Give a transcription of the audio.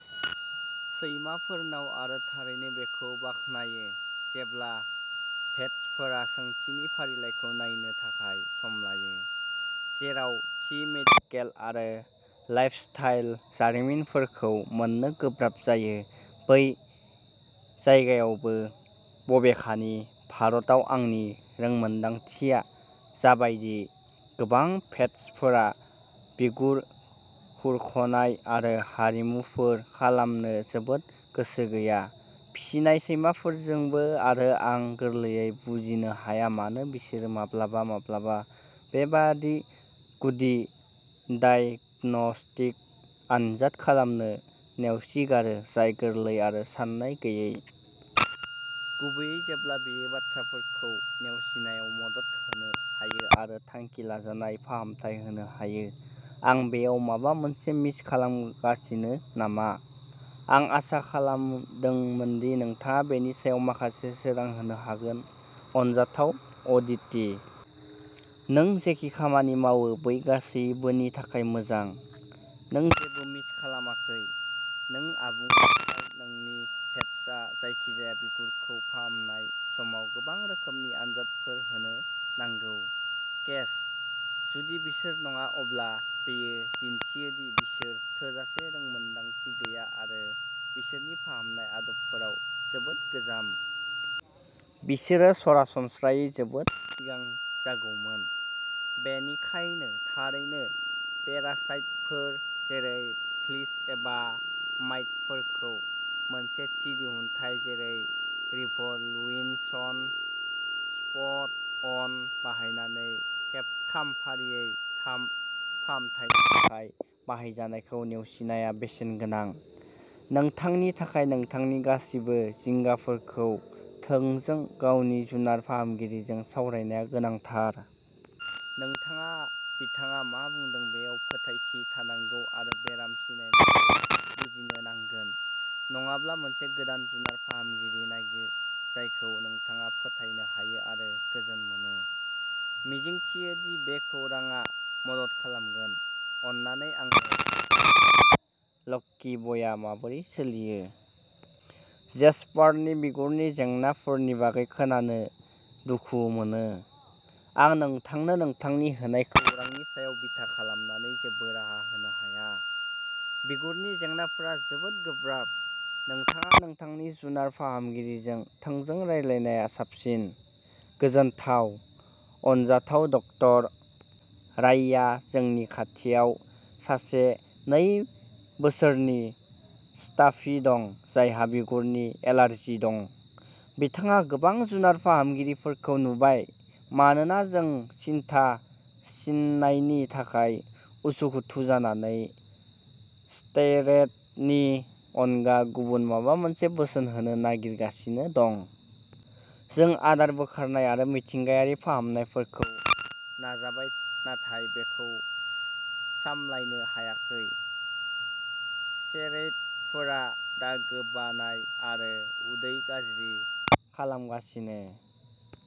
सैमाफोरनाव आरो थारैनो बेखौ बाखनायो जेब्ला भेट्सफोरा सोंथिनि फारिलाइखौ नायनो थाखाय सम लायो। जेराव थि मेडिकेल आरो लाइफस्टाइल जारिमिनफोरखौ मोननो गोब्राब जायो बै जायगायावबो। बबेखानि, भारताव आंनि रोंमोनदांथिया जाबायदि गोबां भेट्सफोरा बिगुर खुरख'नाय आरो हारिमुफोर खालामनो जोबोद गोसो गैया फिसिनाय सैमाफोरजोंबो आरो आं गोरलैयै बुजिनो हाया मानो बिसोरो माब्लाबा माब्लाबा बेबादि गुदि डायग्नोस्टिक आनजाद खालामनो नेवसिगारो जाय गोरलै आरो सानाय गैयै। गुबैयै जेब्ला बेयो बाथ्राफोरखौ नेवसिनायाव मदद होनो हायो आरो थांखि लाजानाय फाहामथाय होनो हायो। आं बेयाव माबा मोनसे मिस खालामगासिनो नामा? आं आसा खालामदोंमोनदि नोंथाङा बेनि सायाव माखासे सोरां होनो हागोन। अनजाथाव अदिति। नों जेखि खामानि मावो बै गासैबोनि थाखाय मोजां। नों जेबो मिस खालामाखै। नों आबुङै थार नोंनि भेट्सआ जायखिजाया बिगुरखौ फाहामनाय समाव गोबां रोखोमनि आनजादफोर होनो नांगौ। केस। जुदि बिसोर नङा अब्ला बेयो दिन्थियोदि बिसोर थोजासे रोंमोनदांथि गैया आरो बिसोरनि फाहामनाय आदबफोराव जोबोद गोजाम। बिसोरो सरासनस्रायै जोबोद सिगां जागौमोन। बेनिखायनो थारैनो पेरासाइटफोर जेरै फ्लिस एबा माइटफोरखौ मोनसे थि दिहुनथाय जेरै रिभ'ल्युसन स्पट अन बाहायनानै खेबथाम फारियै थाम फाहामथायनि थाखाय बाहायजानायखौ नेवसिनाया बेसेनगोनां। नोंथांनि थाखाय नोंथांनि गासिबो जिंगाफोरखौ थोंजों गावनि जुनार फाहामगिरिजों सावरायनाया गोनांथार। नोंथाङा बिथाङा मा बुंदों बेयाव फोथायथि थानांगौ आरो बेराम सिनायनायखौ बुजिनो नांगोन। नङाब्ला मोनसे गोदान जुनार फाहामगिरि नागिर जायखौ नोंथाङा फोथायनो हायो आरो गोजोन मोनो। मिजिंथियोदि बे खौरांआ मदद खालामगोन। अन्नानै आंनो खोन्थादि लक्की बयआ माबोरै सोलियो। जेसपारनि बिगुरनि जेंनाफोरनि बागै खोनानो दुखु मोनो। आं नोंथांनो नोंथांनि होनाय खौरांनि सायाव बिथा खालामनानै जेबो राहा होनो हाया। बिगुरनि जेंनाफोरा जोबोद गोब्राब। नोंथाङा नोंथांनि जुनार फाहामगिरिजों थोंजों रायलायनाया साबसिन। गोजोनथाव। अनजाथाव ड. राय्या जोंनि खाथियाव सासे नै बोसोरनि स्टाफि दं जायहा बिगुरनि एलार्जि दं। बिथाङा गोबां जुनार फाहामगिरिफोरखौ नुबाय मानोना जों सिनथा सिननायनि थाखाय उसुखुथु जानानै स्टेरइडनि अनगा गुबुन माबा मोनसे बोसोन होनो नागिरगासिनो दं। जों आदार बोखारनाय आरो मिथिंगायारि फाहामनायफोरखौ नाजाबाय नाथाय बेखौ सामलायनो हायाखै। सेरइदफोरा दा गोबानाय आरो उदै गाज्रि खालामगासिनो।